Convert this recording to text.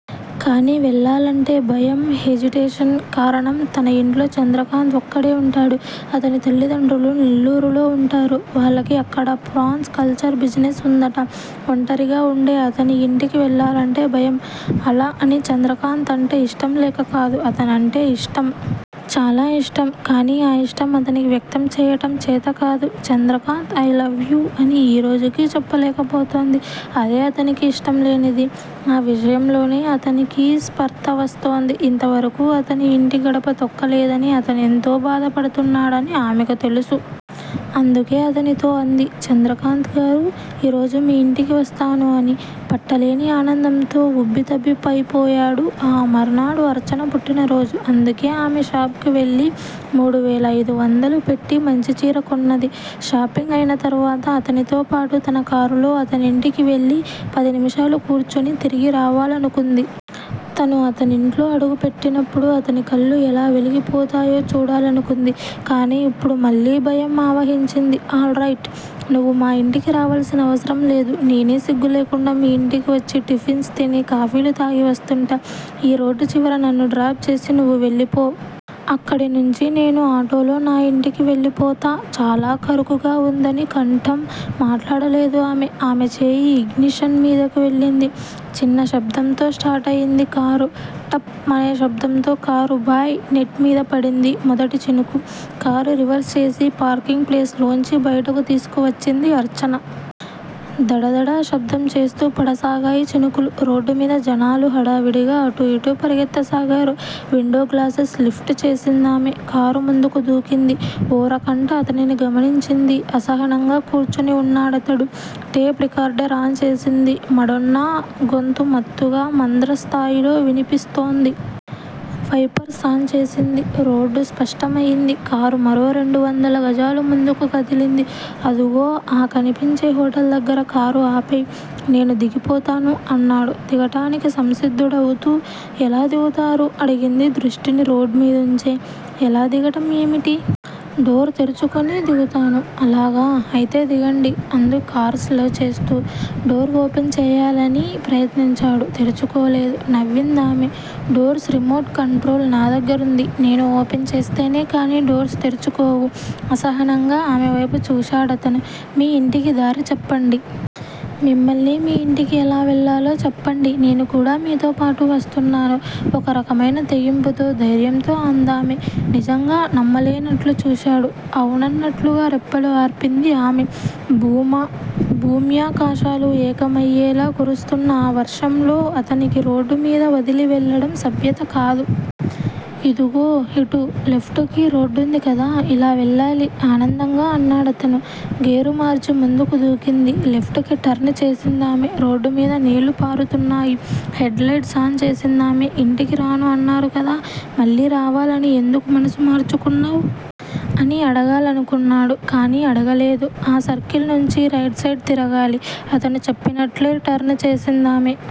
కానీ వెళ్ళాలంటే భయం హేజిటేషన్. కారణం తన ఇంట్లో చంద్రకాంత్ ఒక్కడే వుంటాడు. అతని తల్లిదండ్రులు నెల్లూరులో వుంటారు. వాళ్ళకి అక్కడ ప్రాన్స్ కల్చర్ బిజినెస్ వుందట. ఒంటరిగా ఉండే అతని ఇంటికి వెళ్ళాలంటే భయం. అలా అని చంద్రకాంత్ అంటే ఇష్టంలేక కాదు. అతనంటే ఇష్టం. చాలా ఇష్టం. కానీ ఆ ఇష్టం అతనికి వ్యక్తం చేయటం చేతకాదు. 'చంద్రకాంత్! ఐ లవ్ యూ' అని ఈ రోజుకీ చెప్పలేకపోతోంది. అదే అతనికి ఇష్టంలేనిది. ఆ విజయంలోనే అతనికీ స్పర్ధ వస్తోంది. ఇంతవరకు అతని ఇంటి గడప తొక్కలేదని అతనెంతో బాధపడుతున్నాడని ఆమెకు తెలుసు. అందుకే అతనితో అంది చంద్రకాంత్ గారూ! ఈ రోజు మీ ఇంటికి వస్తాను అని. పట్టలేని ఆనందంతో ఉబ్బితబ్బిబైపోయాడు. ఆ మర్నాడు అర్చన పుట్టినరోజు. అందుకే ఆమె షాప్ కు వెళ్ళి మూడువేల ఐదు వందలు పెట్టి మంచి చీర కొన్నది. షాపింగ్ అయిన తరువాత అతనితోపాటు తన కారులో అతనింటికి వెళ్ళి పది నిమిషాలు కూర్చుని తిరిగి రావాలనుకుంది. తను అతనింట్లో అడుగు పెట్టినప్పుడు అతని కళ్ళు ఎలా వెలిగిపోతాయో చూడాలనుకుంది. కానీ ఇప్పుడు మళ్ళీ భయం ఆవహించింది. All right! నువ్వు మా ఇంటికి రావలసిన అవసరం లేదు. నేనే సిగ్గులేకుండా మీ ఇంటికి వచ్చి టిఫిన్స్ తిని, కాఫీలు తాగి వస్తుంటా! ఈ రోడ్డు చివర నన్ను డ్రాప్ చేసి నువ్వు వెళ్ళిపో. అక్కడి నుంచి నేను ఆటోలో నా ఇంటికి వెళ్ళిపోతా చాలా కరుకుగా వుందని కంఠం. మాట్లాడలేదు ఆమె. ఆమె చేయి ఇగ్నిషన్ మీదకు వెళ్ళింది. చిన్న శబ్దంతో స్టార్టయింది కారు. 'టప్' మనే శబ్దంతో కారు బాయ్ నెట్ మీద పడింది మొదటి చినుకు. కారు రివర్స్ చేసి పార్కింగ్ ప్లేస్ లోంచి బయటికి తీసుకువచ్చింది అర్చన. దడదడ శబ్దం చేస్తూ పడసాగాయి చినుకులు. రోడ్డుమీద జనాలు హడావిడిగా అటూ ఇటూ పరిగెత్తసాగారు. విండో గ్లాసెస్ లిఫ్ట్ చేసిందామె. కారు ముందుకు దూకింది. ఓరకంట అతనిని గమనించింది. అసహనంగా కూర్చుని వున్నాడుఅతడు. టేప్ రికార్డర్ ఆన్ చేసింది. మడొన్నా గొంతు మత్తుగా మంద్రస్థాయిలో వినిపిస్తోంది. వైపర్స్ ఆన్ చేసింది. రోడ్డు స్పష్టం అయింది. కారు మరో రెండు వందల గజాలు ముందుకు కదిలింది. అదుగో ఆ కనిపించే హోటల్ దగ్గర కారు ఆపెయ్. నేను దిగిపోతాను అన్నాడు దిగటానికి సంసిద్దుడవుతూ. ఎలా దిగుతారు? అడిగింది దృష్టిని రోడ్ మీదుంచే. ఎలా దిగటం ఏమిటి? డోరు తెరుచుకుని దిగుతాను. అలాగా అయితే దిగండి అంది కారు స్లో చేస్తూ. డోరు ఓపెన్ చేయాలని ప్రయత్నించాడు. తెరుచుకోలేదు. నవ్విందామె డోర్స్ రిమోట్ కంట్రోల్ నా దగ్గరుంది. నేను ఓపెన్ చేస్తేనే కానీ డోర్స్ తెరుచుకోవు. అసహనంగా ఆమె వైపు చూశాడతను. మీ ఇంటికి దారి చెప్పండి. మిమ్మల్నే మీ ఇంటికి ఎలా వెళ్ళాలో చెప్పండి. నేను కూడా మీతో పాటు వస్తున్నాను ఒక రకమైన తెగింపుతో, ధైర్యంతో అందామె. నిజంగా! నమ్మలేనట్లు చూశాడు. అవునన్నట్లుగా రెప్పలు ఆర్పింది ఆమె.భూమ భూమ్యాకాశాలు ఏకమయ్యేలా కురుస్తున్న ఆ వర్షంలో అతనికి రోడ్డుమీద వదిలి వెళ్ళడం సభ్యత కాదు. ఇదుగో ఇటు. లెఫ్టుకి రోడ్డుంది కదా. ఇలా వెళ్ళాలి ఆనందంగా అన్నాడతను. గేరు మార్చి ముందుకు దూకింది లెఫ్ట్ కి టర్న్ చేసిందామె. రోడ్డుమీద నీళ్ళు పారుతున్నాయి. హెడ్ లైట్స్ ఆన్ చేసిందామె. ఇంటికి రాను అన్నారు కదా! మళ్ళీ రావాలని ఎందుకు మనసు మార్చుకున్నావ్? అని అడగాలనుకున్నాడు కానీ అడగలేదు. ఆ సర్కిల్ నుంచి రైట్ సైడ్ తిరగాలి. అతను చెప్పినట్లే టర్న్ చేసిందామె.